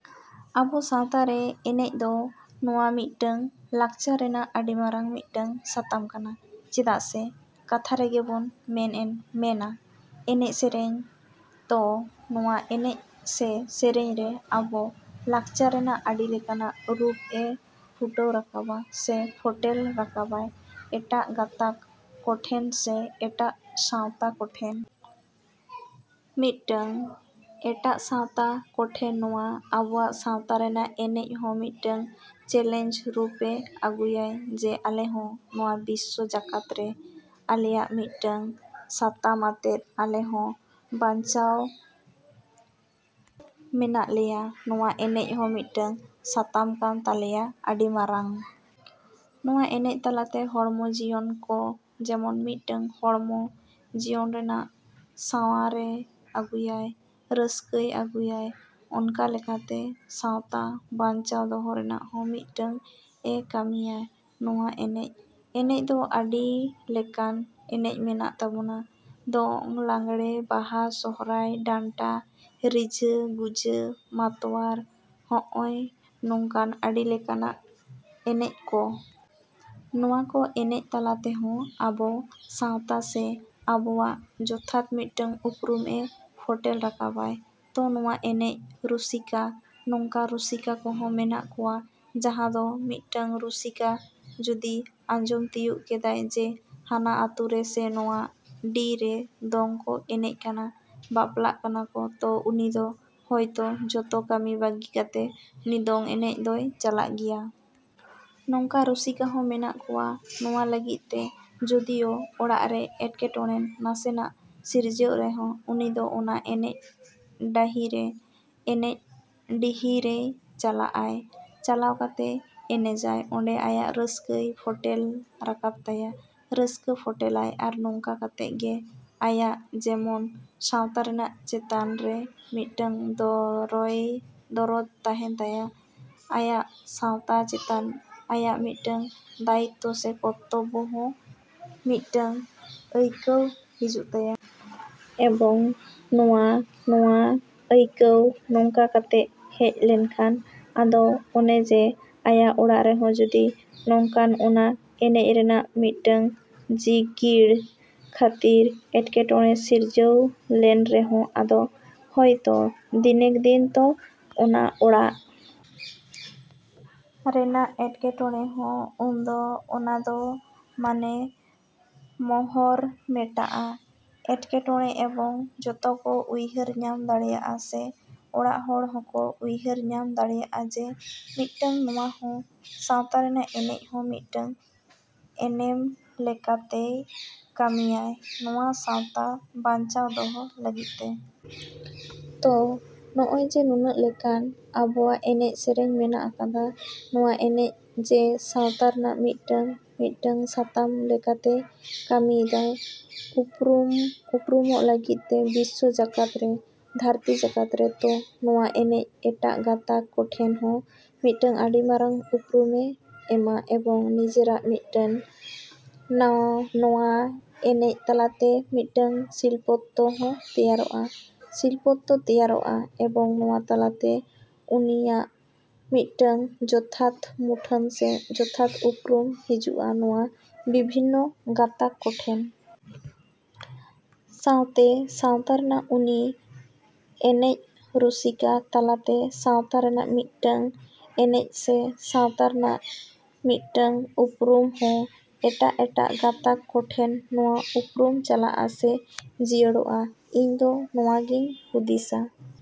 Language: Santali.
ᱟᱵᱚ ᱥᱟᱶᱛᱟ ᱨᱮ ᱮᱱᱮᱡ ᱫᱚ ᱱᱚᱣᱟ ᱢᱤᱫᱴᱟᱝ ᱞᱟᱠᱪᱟᱨ ᱨᱮᱱᱟᱜ ᱟᱹᱰᱤ ᱢᱟᱨᱟᱝ ᱢᱤᱫᱴᱟᱝ ᱥᱟᱛᱟᱢ ᱠᱟᱱᱟ, ᱪᱮᱫᱟᱜ ᱥᱮ ᱠᱟᱛᱷᱟ ᱨᱮᱜᱮᱵᱚᱱ ᱢᱮᱱᱟ ᱮᱱᱮᱡ ᱥᱮᱨᱮᱧ᱾ ᱛᱚ ᱱᱚᱣᱟ ᱮᱱᱮᱡ ᱥᱮ ᱥᱮᱨᱮᱧ ᱨᱮ ᱟᱵᱚ ᱞᱟᱠᱪᱟᱨ ᱨᱮᱱᱟᱜ ᱟᱹᱰᱤ ᱞᱮᱠᱟᱱ ᱨᱩᱯ ᱮ ᱯᱷᱩᱴᱟᱹᱣ ᱨᱟᱠᱟᱵᱟ ᱥᱮ ᱯᱷᱚᱴᱮᱞ ᱨᱟᱠᱟᱵᱟᱭ ᱮᱴᱟᱜ ᱜᱟᱛᱟᱠ ᱠᱚᱴᱷᱮᱱ ᱥᱮ ᱮᱴᱟᱜ ᱥᱟᱶᱛᱟ ᱠᱚᱴᱷᱮᱱ᱾ ᱢᱤᱫᱴᱟᱝ ᱮᱴᱟᱜ ᱥᱟᱶᱛᱟ ᱠᱚᱴᱷᱮᱱ ᱱᱚᱣᱟ ᱟᱵᱚᱱᱟᱜ ᱥᱟᱶᱛᱟ ᱨᱮᱱᱟᱜ ᱮᱱᱮᱡ ᱦᱚᱸ ᱢᱤᱫᱴᱟᱝ ᱪᱮᱞᱮᱧᱡᱽ ᱨᱩᱯᱮ ᱟᱹᱜᱩᱭᱟᱭ ᱡᱮ ᱟᱞᱮ ᱦᱚᱸ ᱱᱚᱣᱟ ᱵᱤᱥᱥᱚ ᱡᱟᱠᱟᱛ ᱨᱮ ᱟᱞᱮᱭᱟᱜ ᱢᱤᱫᱴᱟᱝ ᱥᱟᱛᱟᱢ ᱟᱛᱮᱫ ᱟᱞᱮ ᱦᱚᱸ ᱵᱟᱧᱪᱟᱣ ᱢᱮᱱᱟᱜ ᱞᱮᱭᱟ᱾ ᱱᱚᱣᱟ ᱮᱱᱮᱡ ᱦᱚᱸ ᱢᱤᱫᱴᱟᱝ ᱥᱟᱛᱟᱢ ᱠᱟᱱ ᱛᱟᱞᱮᱭᱟ ᱟᱹᱰᱤ ᱢᱟᱨᱟᱝ᱾ ᱱᱚᱣᱟ ᱮᱱᱮᱡ ᱛᱟᱞᱟᱛᱮ ᱦᱚᱲᱢᱚ ᱡᱤᱭᱚᱱ ᱠᱚ ᱡᱮᱢᱚᱱ ᱢᱤᱫᱴᱟᱝ ᱦᱚᱲᱢᱚ ᱡᱤᱭᱚᱱ ᱨᱮᱱᱟᱜ ᱥᱟᱶᱟᱨᱮ ᱟᱹᱜᱩᱭᱟᱭ, ᱨᱟᱹᱥᱠᱟᱹ ᱟᱹᱜᱩᱭᱟᱭ, ᱚᱱᱠᱟ ᱞᱮᱠᱟᱛᱮ ᱥᱟᱶᱛᱟ ᱵᱟᱧᱪᱟᱣ ᱫᱚᱦᱚ ᱨᱮᱱᱟᱜ ᱦᱚᱸ ᱢᱤᱫᱴᱟᱝ ᱮ ᱠᱟᱹᱢᱤᱭᱟ ᱱᱚᱣᱟ ᱮᱱᱮᱡ᱾ ᱮᱱᱮᱡ ᱫᱚ ᱟᱹᱰᱤ ᱞᱮᱠᱟᱱ ᱮᱱᱮᱡ ᱢᱮᱱᱟᱜ ᱛᱟᱵᱚᱱᱟ: ᱫᱚᱝ, ᱞᱟᱜᱽᱲᱮ, ᱵᱟᱦᱟ, ᱥᱚᱨᱦᱟᱭ, ᱰᱟᱱᱴᱟ, ᱨᱤᱡᱟᱹ, ᱜᱩᱡᱟᱹ, ᱢᱟᱛᱣᱟᱨ, ᱦᱚᱜᱼᱚᱭ ᱱᱚᱝᱠᱟᱱ ᱟᱹᱰᱤ ᱞᱮᱠᱟᱱ ᱮᱱᱮᱡ ᱠᱚ᱾ ᱱᱚᱣᱟ ᱠᱚ ᱮᱱᱮᱡ ᱛᱟᱞᱟ ᱛᱮᱦᱚᱸ ᱟᱵᱚ ᱥᱟᱶᱛᱟ ᱥᱮ ᱟᱵᱚᱱᱟᱜ ᱡᱚᱛᱷᱟᱛ ᱢᱤᱫᱴᱟᱝ ᱩᱯᱨᱩᱢ ᱮ ᱯᱷᱚᱴᱮᱞ ᱨᱟᱠᱟᱵᱟᱭ᱾ ᱛᱚ ᱱᱚᱣᱟ ᱮᱱᱮᱡ ᱨᱩᱥᱤᱠᱟ, ᱱᱚᱝᱠᱟ ᱨᱩᱥᱤᱠᱟ ᱠᱚᱦᱚᱸ ᱢᱮᱱᱟᱜ ᱠᱚᱣᱟ ᱡᱟᱦᱟᱸᱭ ᱫᱚ ᱢᱤᱫᱴᱟᱝ ᱨᱩᱥᱤᱠᱟ ᱡᱩᱫᱤ ᱟᱸᱡᱚᱢ ᱛᱤᱭᱳᱜ ᱠᱮᱫᱟᱭ ᱡᱮ ᱦᱟᱱᱟ ᱟᱛᱩᱨᱮ ᱥᱮ ᱱᱚᱣᱟ ᱰᱤ ᱨᱮ ᱫᱚᱝ ᱠᱚ ᱮᱱᱮᱡ ᱠᱟᱱᱟ, ᱵᱟᱯᱞᱟᱜ ᱠᱟᱱᱟ ᱠᱚ, ᱛᱚ ᱩᱱᱤ ᱫᱚ ᱦᱚᱭᱛᱳ ᱡᱚᱛᱚ ᱠᱟᱹᱢᱤ ᱵᱟᱹᱜᱤ ᱠᱟᱛᱮ ᱩᱱᱤ ᱫᱚᱝ ᱮᱱᱮᱡ ᱫᱚᱭ ᱪᱟᱞᱟᱜ ᱜᱮᱭᱟ᱾ ᱱᱚᱝᱠᱟ ᱨᱩᱥᱤᱠᱟ ᱦᱚᱸ ᱢᱮᱱᱟᱜ ᱠᱚᱣᱟ ᱱᱚᱣᱟ ᱞᱟᱹᱜᱤᱫ ᱛᱮ ᱡᱚᱫᱤᱭᱳ ᱚᱲᱟᱜ ᱨᱮ ᱮᱴᱠᱮᱴᱚᱬᱮ ᱱᱟᱥᱮᱱᱟᱜ ᱥᱤᱨᱡᱟᱹᱜ ᱨᱮᱦᱚᱸ ᱩᱱᱤ ᱫᱚ ᱚᱱᱟ ᱮᱱᱮᱡ ᱰᱟᱹᱦᱤᱨᱮ, ᱮᱱᱮᱡ ᱰᱤᱦᱤ ᱨᱮᱭ ᱪᱟᱞᱟᱜᱼᱟᱭ᱾ ᱪᱟᱞᱟᱣ ᱠᱟᱛᱮ ᱮᱱᱮᱡᱟᱭ, ᱚᱸᱰᱮ ᱟᱭᱟᱜ ᱨᱟᱹᱥᱠᱟᱹᱭ ᱯᱷᱚᱴᱮᱞ ᱨᱟᱠᱟᱵ ᱛᱟᱭᱟ, ᱨᱟᱹᱥᱠᱟᱹᱭ ᱯᱷᱚᱴᱮᱞᱟᱭ ᱟᱨ ᱱᱚᱝᱠᱟ ᱠᱟᱛᱮᱫ ᱜᱮ ᱟᱭᱟᱜ ᱡᱮᱢᱚᱱ ᱥᱟᱶᱛᱟ ᱨᱮᱱᱟᱜ ᱪᱮᱛᱟᱱ ᱨᱮ ᱢᱤᱫᱴᱟᱝ ᱫᱚᱨᱚᱫ ᱛᱟᱦᱮᱱ ᱛᱟᱭᱟ, ᱟᱭᱟᱜ ᱥᱟᱶᱛᱟ ᱪᱮᱛᱟᱱ ᱟᱭᱟᱜ ᱢᱤᱫᱴᱟᱝ ᱫᱟᱭᱤᱛᱛᱚ ᱥᱮ ᱠᱚᱨᱛᱚᱵᱵᱚ ᱦᱚᱸ ᱢᱤᱫᱴᱟᱝ ᱟᱹᱭᱠᱟᱹᱣ ᱦᱤᱡᱩᱜ ᱛᱟᱭᱟ᱾ ᱮᱵᱚᱝ ᱱᱚᱣᱟ ᱱᱚᱣᱟ ᱟᱹᱭᱠᱟᱹᱣ ᱱᱚᱝᱠᱟ ᱠᱟᱛᱮᱜ ᱦᱮᱡ ᱞᱮᱱᱠᱷᱟᱱ ᱟᱫᱚ ᱚᱱᱮ ᱡᱮ ᱟᱭᱟᱜ ᱚᱲᱟᱜ ᱨᱮᱦᱚᱸ ᱡᱩᱫᱤ ᱱᱚᱝᱠᱟᱱ ᱚᱱᱟ ᱮᱱᱮᱡ ᱨᱮᱱᱟᱜ ᱢᱤᱫᱴᱟᱝ ᱡᱤᱜᱤᱲ ᱠᱷᱟᱹᱛᱤᱨ ᱮᱴᱠᱮᱴᱚᱬᱮ ᱥᱤᱨᱡᱟᱹᱣ ᱞᱮᱱ ᱨᱮᱦᱚᱸ ᱟᱫᱚ ᱦᱚᱭᱛᱚ ᱫᱤᱱᱠᱮ ᱫᱤᱱ ᱛᱮ ᱚᱱᱟ ᱚᱲᱟᱜ ᱨᱮᱱᱟᱜ ᱮᱴᱠᱮᱴᱚᱬᱮ ᱦᱚᱸ ᱩᱱᱫᱚ ᱚᱱᱟ ᱫᱚ ᱢᱟᱱᱮ ᱢᱚᱦᱚᱨ ᱢᱮᱴᱟᱜᱼᱟ ᱮᱴᱠᱮᱴᱚᱬᱮ ᱮᱵᱚᱝ ᱡᱚᱛᱚ ᱠᱚ ᱩᱭᱦᱟᱹᱨ ᱧᱟᱢ ᱫᱟᱲᱮᱭᱟᱜᱼᱟ ᱥᱮ ᱚᱲᱟᱜ ᱦᱚᱲ ᱦᱚᱸᱠᱚ ᱩᱭᱦᱟᱹᱨ ᱧᱟᱢ ᱫᱟᱲᱮᱭᱟᱜᱼᱟ ᱡᱮ ᱢᱤᱫᱴᱟᱝ ᱱᱚᱣᱟ ᱦᱚᱸ ᱥᱟᱶᱛᱟ ᱨᱮᱱᱟᱜ ᱮᱱᱮᱡ ᱦᱚᱸ ᱢᱤᱫᱴᱟᱝ ᱮᱱᱮᱢ ᱞᱮᱠᱟ ᱛᱮᱭ ᱠᱟᱹᱢᱤᱭᱟᱭ ᱱᱚᱣᱟ ᱥᱟᱶᱛᱟ ᱵᱟᱧᱪᱟᱣ ᱫᱚᱦᱚ ᱞᱟᱹᱜᱤᱫ ᱛᱮ᱾ ᱛᱚ ᱱᱚᱜᱼᱚᱭ ᱡᱮ ᱱᱩᱱᱟᱹᱜ ᱞᱮᱠᱟᱱ ᱟᱵᱚᱣᱟᱜ ᱮᱱᱮᱡ ᱥᱮᱨᱮᱧ ᱢᱮᱱᱟᱜ ᱟᱠᱟᱫᱟ, ᱱᱚᱣᱟ ᱮᱱᱮᱡ ᱡᱮ ᱥᱟᱶᱛᱟ ᱨᱮᱱᱟᱜ ᱢᱤᱫᱴᱟᱝ ᱢᱤᱫᱴᱟᱝ ᱥᱟᱛᱟᱢ ᱞᱮᱠᱟᱛᱮᱭ ᱠᱟᱹᱢᱤᱭᱮᱫᱟᱭ ᱩᱯᱨᱩᱢᱩᱜ ᱞᱟᱹᱜᱤᱫ ᱛᱮ ᱵᱤᱥᱥᱚ ᱡᱟᱠᱟᱛ ᱨᱮ, ᱫᱷᱟᱹᱨᱛᱤ ᱡᱟᱠᱟᱛ ᱨᱮ, ᱛᱚ ᱱᱚᱣᱟ ᱮᱱᱮᱡ ᱮᱴᱟᱜ ᱜᱟᱛᱟᱠ ᱠᱚᱴᱷᱮᱱ ᱦᱚᱸ ᱢᱤᱫᱴᱟᱝ ᱟᱹᱰᱤ ᱢᱟᱨᱟᱝ ᱩᱯᱨᱩᱢᱮ ᱮᱢᱟ ᱮᱵᱚᱝ ᱱᱤᱡᱮᱨᱟᱜ ᱢᱤᱫᱴᱟᱱ ᱱᱚᱣᱟ ᱮᱱᱮᱡ ᱛᱟᱞᱟᱛᱮ ᱢᱤᱫᱴᱟᱝ ᱥᱤᱞᱯᱚᱛᱛᱚ ᱦᱚᱸ ᱛᱮᱭᱟᱨᱚᱜᱼᱟ, ᱥᱤᱞᱯᱚᱛᱛᱚ ᱛᱮᱭᱟᱨᱚᱜᱼᱟ ᱮᱵᱚᱝ ᱱᱚᱣᱟ ᱛᱟᱞᱟᱛᱮ ᱩᱱᱤᱭᱟᱜ ᱢᱤᱫᱴᱟᱝ ᱡᱚᱛᱷᱟᱛ ᱢᱩᱴᱷᱟᱹᱱ ᱥᱮ ᱡᱚᱛᱷᱟᱛ ᱩᱯᱨᱩᱢ ᱦᱤᱡᱩᱜᱼᱟ ᱱᱚᱣᱟ ᱵᱤᱵᱷᱤᱱᱱᱚ ᱜᱟᱛᱟᱠ ᱠᱚᱴᱷᱮᱱ᱾ ᱥᱟᱶᱛᱮ ᱥᱟᱶᱛᱟ ᱨᱮᱱᱟᱜ ᱩᱱᱤ ᱮᱱᱮᱡ ᱨᱩᱥᱤᱠᱟ ᱛᱟᱞᱟᱛᱮ ᱥᱟᱶᱛᱟ ᱨᱮᱱᱟᱜ ᱢᱤᱫᱴᱟᱝ ᱮᱱᱮᱢ ᱥᱮ ᱥᱟᱶᱛᱟ ᱨᱮᱱᱟᱜ ᱢᱤᱫᱴᱟᱝ ᱩᱯᱨᱩᱢ ᱦᱚᱸ ᱮᱴᱟᱜ ᱮᱴᱟᱜ ᱜᱟᱛᱟᱠ ᱠᱚᱴᱷᱮᱱ ᱱᱚᱣᱟ ᱩᱯᱨᱩᱢ ᱪᱟᱞᱟᱜᱼᱟ ᱥᱮ ᱡᱤᱭᱟᱹᱲᱚᱜᱼᱟ᱾ ᱤᱧ ᱫᱚ ᱱᱚᱣᱟ ᱜᱮᱧ ᱦᱩᱫᱤᱥᱟ᱾।